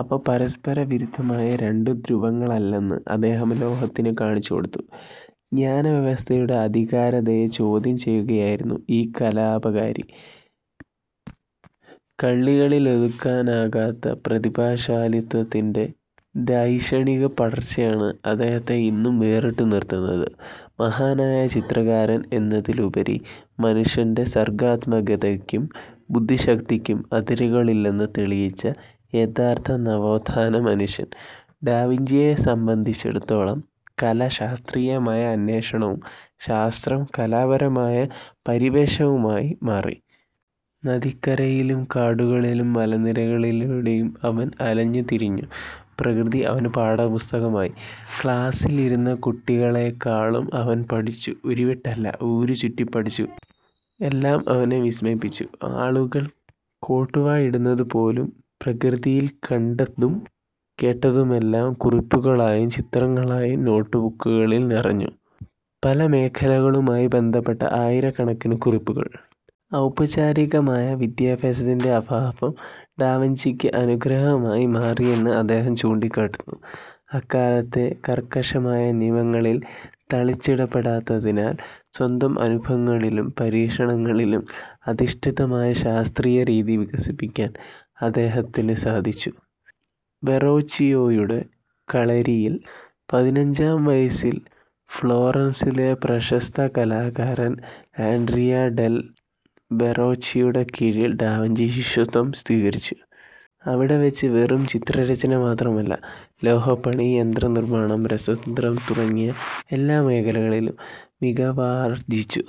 അവ പരസ്പരവിരുദ്ധമായ രണ്ടു ധ്രുവങ്ങളല്ലെന്നു അദ്ദേഹം ലോകത്തിനു കാണിച്ചുകൊടുത്തു. ജ്ഞാനവ്യവസ്ഥയുടെ ആധികാരികതയെ ചോദ്യം ചെയ്യുകയായിരുന്നു ഈ കലാപകാരി. കള്ളികളിലൊതുക്കാനാകാത്ത പ്രതിഭാശാലിത്വത്തിന്റെ ധൈഷണികപടർച്ചയാണ് അദ്ദേഹത്തെ ഇന്നും വേറിട്ടുനിർത്തുന്നത്. മഹാനായ ചിത്രകാരൻ എന്നതിലുപരി, മനുഷ്യന്റെ സർഗാത്മകതയ്ക്കും ബുദ്ധിശക്തിക്കും അതിരുകളില്ലെന്നു തെളിയിച്ച യഥാർഥ നവോത്ഥാന മനുഷ്യൻ. ഡാവിഞ്ചിയെ സംബന്ധിച്ചിടത്തോളം കല ശാസ്ത്രീയമായ അന്വേഷണവും ശാസ്ത്രം കലാപരമായ പര്യവേഷണവുമായി മാറി. നദിക്കരയിലും കാടുകളിലും മലനിരകളിലൂടെയും അവൻ അലഞ്ഞുതിരിഞ്ഞു. പ്രകൃതി അവനു പാഠപുസ്തകമായി. ക്ലാസിലിരുന്ന കുട്ടികളേക്കാളും അവൻ പഠിച്ചു. ഉരുവിട്ടല്ല, ഊരുചുറ്റി പഠിച്ചു. എല്ലാം അവനെ വിസ്മയിപ്പിച്ചു; ആളുകൾ കോട്ടുവായിടുന്നതു പോലും. പ്രകൃതിയിൽ കണ്ടതും കേട്ടതുമെല്ലാം കുറിപ്പുകളായും ചിത്രങ്ങളായും നോട്ട്ബുക്കുകളിൽ നിറഞ്ഞു. പല മേഖലകളുമായി ബന്ധപ്പെട്ട ആയിരക്കണക്കിനു കുറിപ്പുകൾ. ഔപചാരികമായ വിദ്യാഭ്യാസത്തിന്റെ അഭാവം ഡാവിഞ്ചിക്ക് അനുഗ്രഹമായി മാറിയെന്ന് അദ്ദേഹം ചൂണ്ടിക്കാട്ടുന്നു. അക്കാലത്തെ കർക്കശമായ നിയമങ്ങളിൽ തളച്ചിടപ്പെടാത്തതിനാൽ, സ്വന്തം അനുഭവങ്ങളിലും പരീക്ഷണങ്ങളിലും അധിഷ്ഠിതമായ ശാസ്ത്രീയ രീതി വികസിപ്പിക്കാൻ അദ്ദേഹത്തിനു സാധിച്ചു. വെറോച്ചിയോയുടെ കളരിയിൽ പതിനഞ്ചാം വയസ്സിൽ ഫ്ലോറൻസിലെ പ്രശസ്ത കലാകാരൻ ആൻഡ്രിയ ഡെൽ വെറോച്ചിയോയുടെ കീഴിൽ ഡാവിഞ്ചി ശിഷ്യത്വം സ്വീകരിച്ചു. അവിടെ വച്ച് വെറും ചിത്രരചന മാത്രമല്ല, ലോഹപ്പണി, യന്ത്രനിർമാണം, രസതന്ത്രം തുടങ്ങിയ മേഖലകളിലെല്ലാം മികവാർജിച്ചു.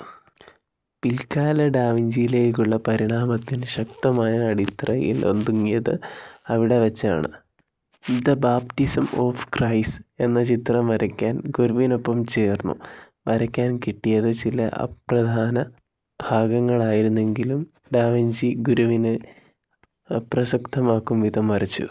പിൽക്കാല ഡാവിഞ്ചിയിലേക്കുള്ള പരിണാമത്തിനു ശക്തമായ അടിത്തറയൊരുങ്ങിയത് അവിടെ വച്ചാണ്. 'ദ് ബാപ്റ്റിസം ഓഫ് ക്രൈസ്റ്റ്' എന്ന ചിത്രം വരയ്ക്കാൻ ഗുരുവിനൊപ്പം ചേർന്നു. വരയ്ക്കാൻ കിട്ടിയതു ചില അപ്രധാന ഭാഗങ്ങളായിരുന്നെങ്കിലും ഡാവിഞ്ചി ഗുരുവിനെ അപ്രസക്തമാക്കും വിധം വരച്ചു.